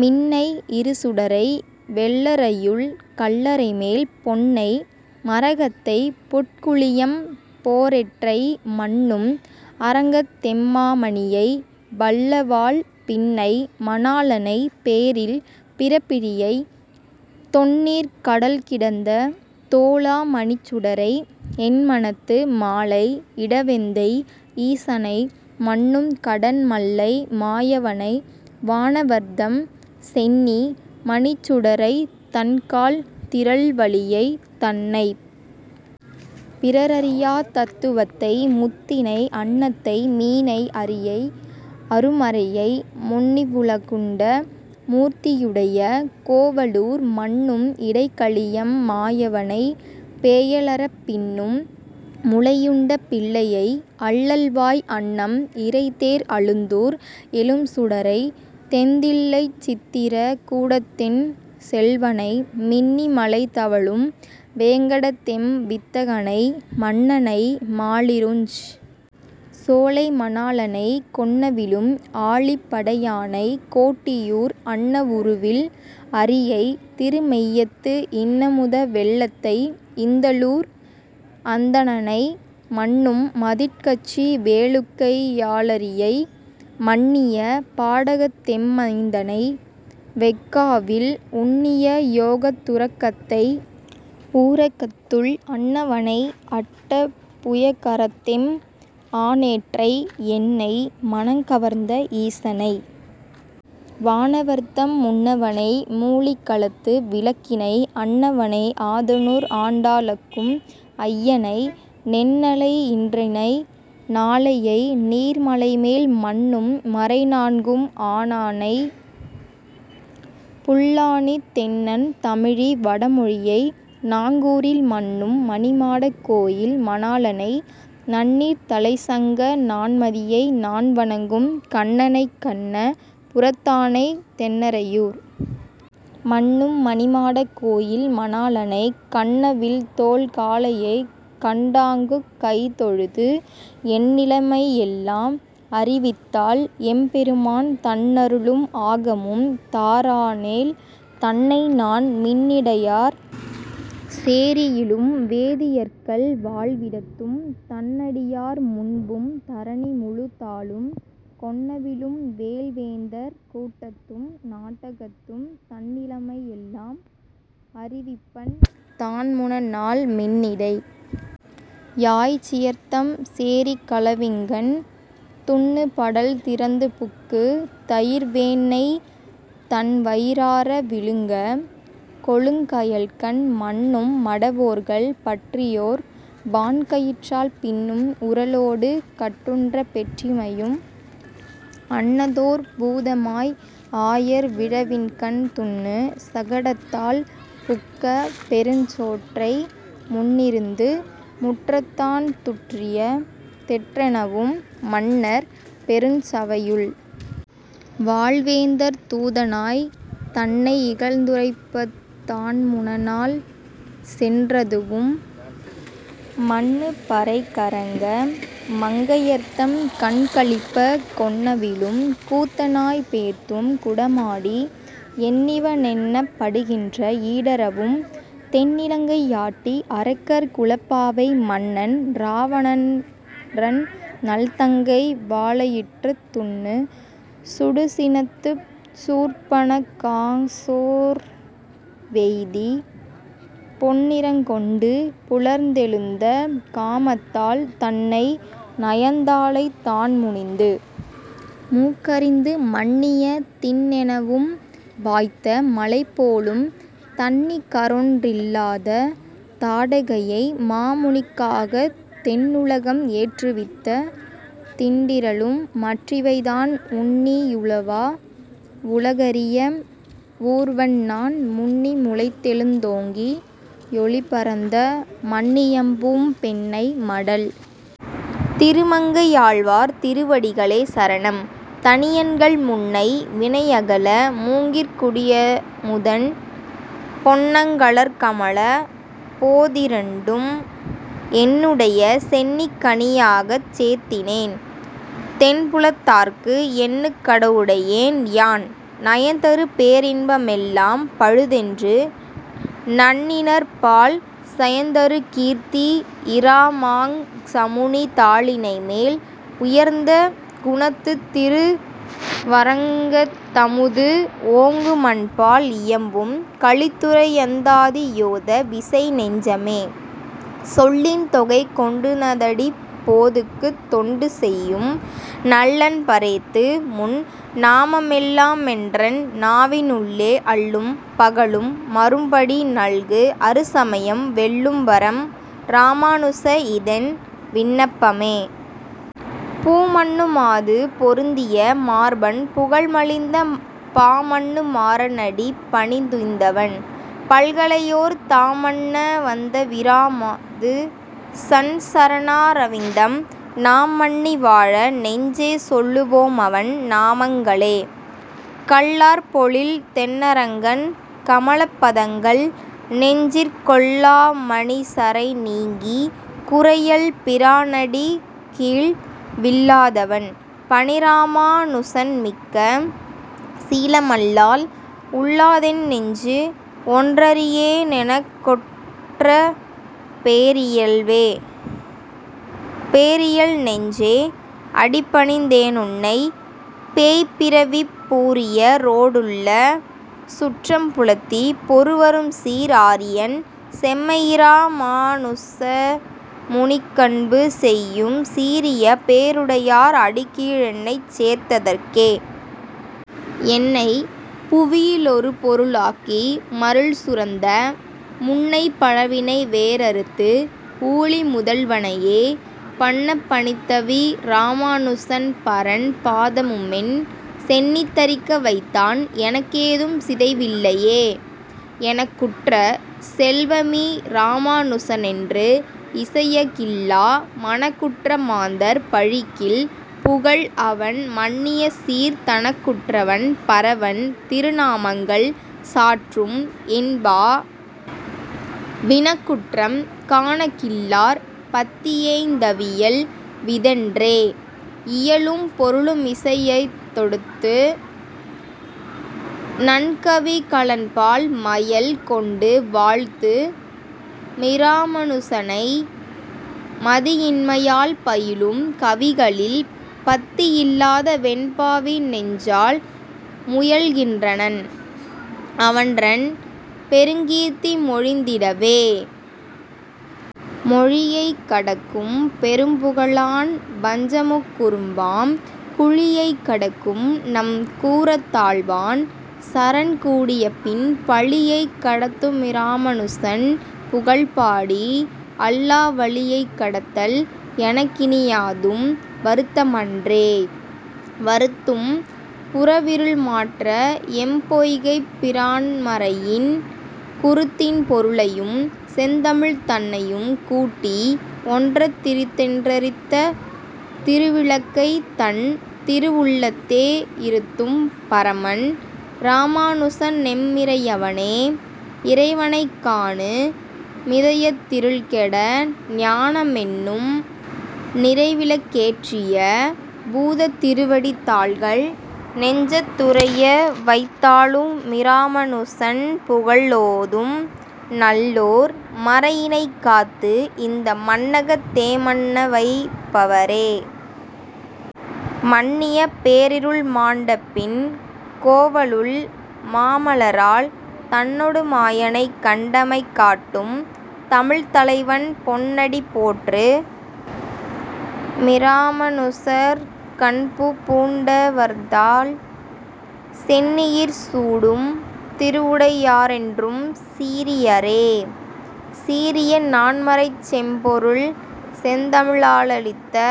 மின்னை இருசுடரை வெள்ளறையுள் கல்லறைமேல் பொன்னை, மரகத்தைப் புட்குழியெம் போரேற்றை, மன்னும் அரங்கத்தெம் மாமணியை, வல்லவாழ் பின்னை மணாளனை பேரில் பிறப்பிலியை, தொன்னீர்க் கடல்கிடந்த தோளா மணிச்சுடரை, என்மனத்து மாலை இடவெந்தை ஈசனை, மன்னும் கடன்மல்லை மாயவனை, வானவர்தம் சென்னி மணிச்சுடரைத் தண்கால் திறல்வலியை, தன்னைப் பிறரறியாத் தத்துவத்தை முத்தினை, அன்னத்தை மீனை அரியை அருமறையை, முன்னிவ் வுலகுண்ட மூர்த்தியுயை, கோவலூர் மன்னும் இடைகழியெம் மாயவனை, பேயலறப், பின்னும் முலையுண்ட பிள்ளையை, அள்ளல்வாய் அன்னம் இரைதேர் அழுந்தூர் எழும்சுடரை, தெந்தில்லைச் சித்திர கூடத்தென் செல்வனை, மின்னி மழைதவழும் வேங்கடத்தெம் வித்தகனை, மன்னனை மாலிருஞ் சோலை மணாளனை, கொன்னவிலும் ஆழிப் படையானை, கோட்டியூர் அன்ன வுருவில் அரியை, திருமெய்யத்து இன்னமுத வெள்ளத்தை இந்தளூர் அந்தணனை, மன்னும் மதிட்கச்சி வேளுக்கை யாளரியை, மன்னிய பாடகத்தெம் மைந்தனை, வெஃகாவில், உன்னிய யோகத் துறக்கத்தை, ஊரகத்துள் அன்னவனை அட்ட புயகரத்தெம் ஆனேற்றை, என்னை மனங்கவர்ந்த ஈசனை, வானவர்த்தம் முன்னவனை மூழிக் களத்து விளக்கினை, அன்னவனை ஆதனூர் ஆண்டாளக்கும் ஐயனை, நென்னலை யின்றினை நாளையை, நீர்மலைமேல் மன்னும் மறைநான்கும் ஆனானை, புல்லாணித் தென்னன் தமிழி வடமொழியை, நாங்கூரில் மன்னும் மணிமாடக் கோயில் மணாளனை, நன்னீர்த் தலைச்சங்க நான்மதியை, நான்வணங்கும் கண்ணனைக் கண்ண புரத்தானை, தென்னறையூர் மன்னும் மணிமாடக் கோயில் மணாளனை, கன்னவில்தோள் காளையைக் கண்டாங்குக் கைதொழுது என்னிலைமை யெல்லாம் அறிவித்தால் எம்பெருமான், தன்னருளும் ஆகமும் தாரானேல், தன்னைநான் மின்னிடையார் சேரியிலும் வேதியர்க்கள் வாழ்விடத்தும், தன்னடியார் முன்பும் தரணி முழுதாளும், கொன்னவிலும் வேல்வேந்தர் கூட்டத்தும் நாட்டகத்தும் தன்னிலைமை யெல்லாம் அறிவிப்பன், தான்முனநாள் மின்னிடை யாய்ச்சியர்த்தம் சேரிக் களவிங்கண், துன்னு படல்திறந்து புக்கு, தயிர்வேண்ணெய் தன்வயி றார விழுங்க, கொழுங்கயல்கண் மன்னும் மடவோர்கள் பற்றியோர் வான்கயிற்றால் பின்னும் உரலோடு கட்டுண்ட பெற்றிமையும், அன்னதோர் பூதமாய் ஆயர் விழவின்கண் துன்னு சகடத்தால் புக்க பெருஞ்சோற்றை, முன்னிருந்து முற்றத்தான் துற்றிய தெற்றெனவும் மன்னர் பெருஞ்சவையுள் வாழ்வேந்தர் தூதனாய், தன்னை யிகழ்ந்துரைப்பத் தான்முனநாள் சென்றதுவும், மன்னு பறைகறங்க மங்கையர்த்தம் கண்களிப்ப, கொன்னவிலும் கூத்தனாய்ப் பேர்த்தும் குடமாடி, என்னிவ னென்னப் படுகின்ற ஈடறவும், தென்னிலங்கை யாட்டி அரக்கர் குலப்பாவை, மன்னன் இராவணன்றன் நல்தங்கை, வாளெயிற்றுத் துன்னு சுடுசினத்துச் சூர்ப்பணகா சோர்வெய்தி, பொன்னிறங் கொண்டு புலர்ந்தெழுந்த காமத்தால், தன்னை நயந்தாளைத் தான்முனிந்து மூக்கரிந்து, மன்னிய திண்ணெனவும்-வாய்த்த மலைபோலும், தன்னிகரொன் றில்லாத தாடகையை, மாமுனிக்காகத் தென்னுலகம் ஏற்றுவித்த திண்டிறலும்-மற்றிவைதான் உன்னி யுலவா வுலகறிய வூர்வன்நான், முன்னி முளைத்தெழுந் தோங்கி யொளிபரந்த, மன்னியம்பூம் பெண்ணை மடல். திருமங்கையாழ்வார் திருவடிகளே சரணம். தனியன்கள் முன்னை வினையகல மூங்கிற்குடியமுதன் பொன்னங்கழற்கமலப் போதிரண்டும் என்னுடைய சென்னிக்கணியாகச் சேர்த்தினேன் தென்புலத்தார்க்கு என்னுக்கடவுடையேன் யான். நயந்தரு பேரின்பமெல்லாம் பழுதென்று நண்ணினர்பால் சயந்தருகீர்த்தி யிராமாங்சமுனிதாளிணைமேல் உயர்ந்தகுணத்துத்திருவரங்கத்தமுது ஓங்குமன்பால் இயம்பும் கலித்துறையந்தாதியோத விசைநெஞ்சமே. சொல்லின் தொகை கொண்டுனதடிப் போதுக்குத் தொண்டு செய்யும் நல்லன்பரேத்து முன் நாமமெல்லாமென்றன் நாவினுள்ளே அல்லும் பகலும்மரும்படி நல்கு அறுசமயம் வெல்லும்பரம் இராமாநுச இதென் விண்ணப்பமே. பூமன்னுமாது பொருந்திய மார்பன் புகழ்மலிந்த பாமன்னுமாற னடிபணிந்துய்ந்தவன் பல்கலையோர் தாம்மன்னவந்தவிராமாது சன் சரணாரவிந்தம் நாம்மன்னிவாழ நெஞ்சே சொல்லுவோமவன் நாமங்களே. கள்ளார் பொழில் தென்னரங்கன் கமலப்பதங்கள் நெஞ்சிற் கொள்ளாமனிசரைநீங்கி குறையல்பிரானடிக்கீழ் விள்ளாதவன் பனிராமாநுசன்மிக்க சீலமல்லால் உள்ளாதென்னெஞ்சு ஒன்றறியேனெனக்குற்றபேரியல்வே.. பேரியல்நெஞ்சே அடிபணிந்தேனுன்னை பேய்ப்பிறவிப் பூரியரோடுள்ள சுற்றம் புலத்தி பொருவரும்சீர் ஆரியன் செம்மையிராமாநுசமுனிக் கன்பு செய்யும் சீரிய பேறுடையார் அடிக்கீழென்னைச் சேர்த்ததற்கே.. என்னைப்புவியிலொருபொருளாக்கி மருள்சுரந்த முன்னைப்பழவினை வேரறுத்து ஊழிமுதல்வனையே பன்னப்பணித்தவிராமாநுசன் பரன் பாதமுமென் சென்னித்தரிக்க வைத்தான் எனக்கேதும் சிதைவில்லையே.. எனக்குற்ற செல்வமிராமாநுசனென்று இசையகில்லா மனக்குற்றமாந்தர் பழிக்கில் புகழ் அவன் மன்னியசீர் தனக்குற்றவன் பரவன் திருநாமங்கள் சாற்றும் என்பா வினக்குற்றம் காணகில்லார் பத்தியேய்ந்தவியல் விதென்றே.. இயலும் பொருளுமிசையத்தொடுத்து நன்கவிகளன்பால் மயல் கொண்டு வாழ்த்து மிராமாநுசனை மதியின்மையால் பயிலும் கவிகளில் பத்தியில்லாதவென்பாவிநெஞ்சால் முயல்கின்றனன் அவன்றன் பெருங்கீர்த்திமொழிந்திடவே.. மொழியைக் கடக்கும் பெரும்புகழான் வஞ்சமுக்குறும்பாம் குழியைக் கடக்கும் நம் கூரத்தாழ்வான் சரண் கூடியபின் பழியைக் கடத்துமிராமாநுசன் புகழ்பாடி அல்லா வழியைக் கடத்தல் எனக்கினியாதும் வருத்தமன்றே.. வருத்தும் புறவிருள்மாற்ற எம்பொய்கைப்பிரான்மறையின் குருத்தின் பொருளையும் செந்தமிழ்தன்னையும் கூட்டி ஒன்றத் திரித்தன்றெரித்த திருவிளக்கைத் தன் திருவுள்ளத்தே யிருத்தும்பரமன் இராமாநுசனெம்மிறையவனே.. இறைவனைக்காணு மிதயத்திருள்கெட ஞானமென்னும் நிறைவிளக்கேற்றிய பூதத்திருவடிதாள்கள் நெஞ்சத் துறையவைத்தாளுமிராமாநுசன்புகழோதும் நல்லோர் மறையினைக்காத்து இந்த மண்ணகத்தேமன்னவைப்பவரே.. மன்னிய பேரிருள்மாண்ட பின் கோவலுள் மாமலராள் தன்னொடுமாயனைக் கண்டமைகாட்டும் தமிழ்த்தலைவன் பொன்னடி போற்று மிராமாநுசற்கன்புபூண்டவர்தாள் சென்னியிற் சூடும் திருவுடையாரென்றும் சீரியரே.. சீரிய நான்மறைச் செம்பொருள் செந்தமிழாலளித்த।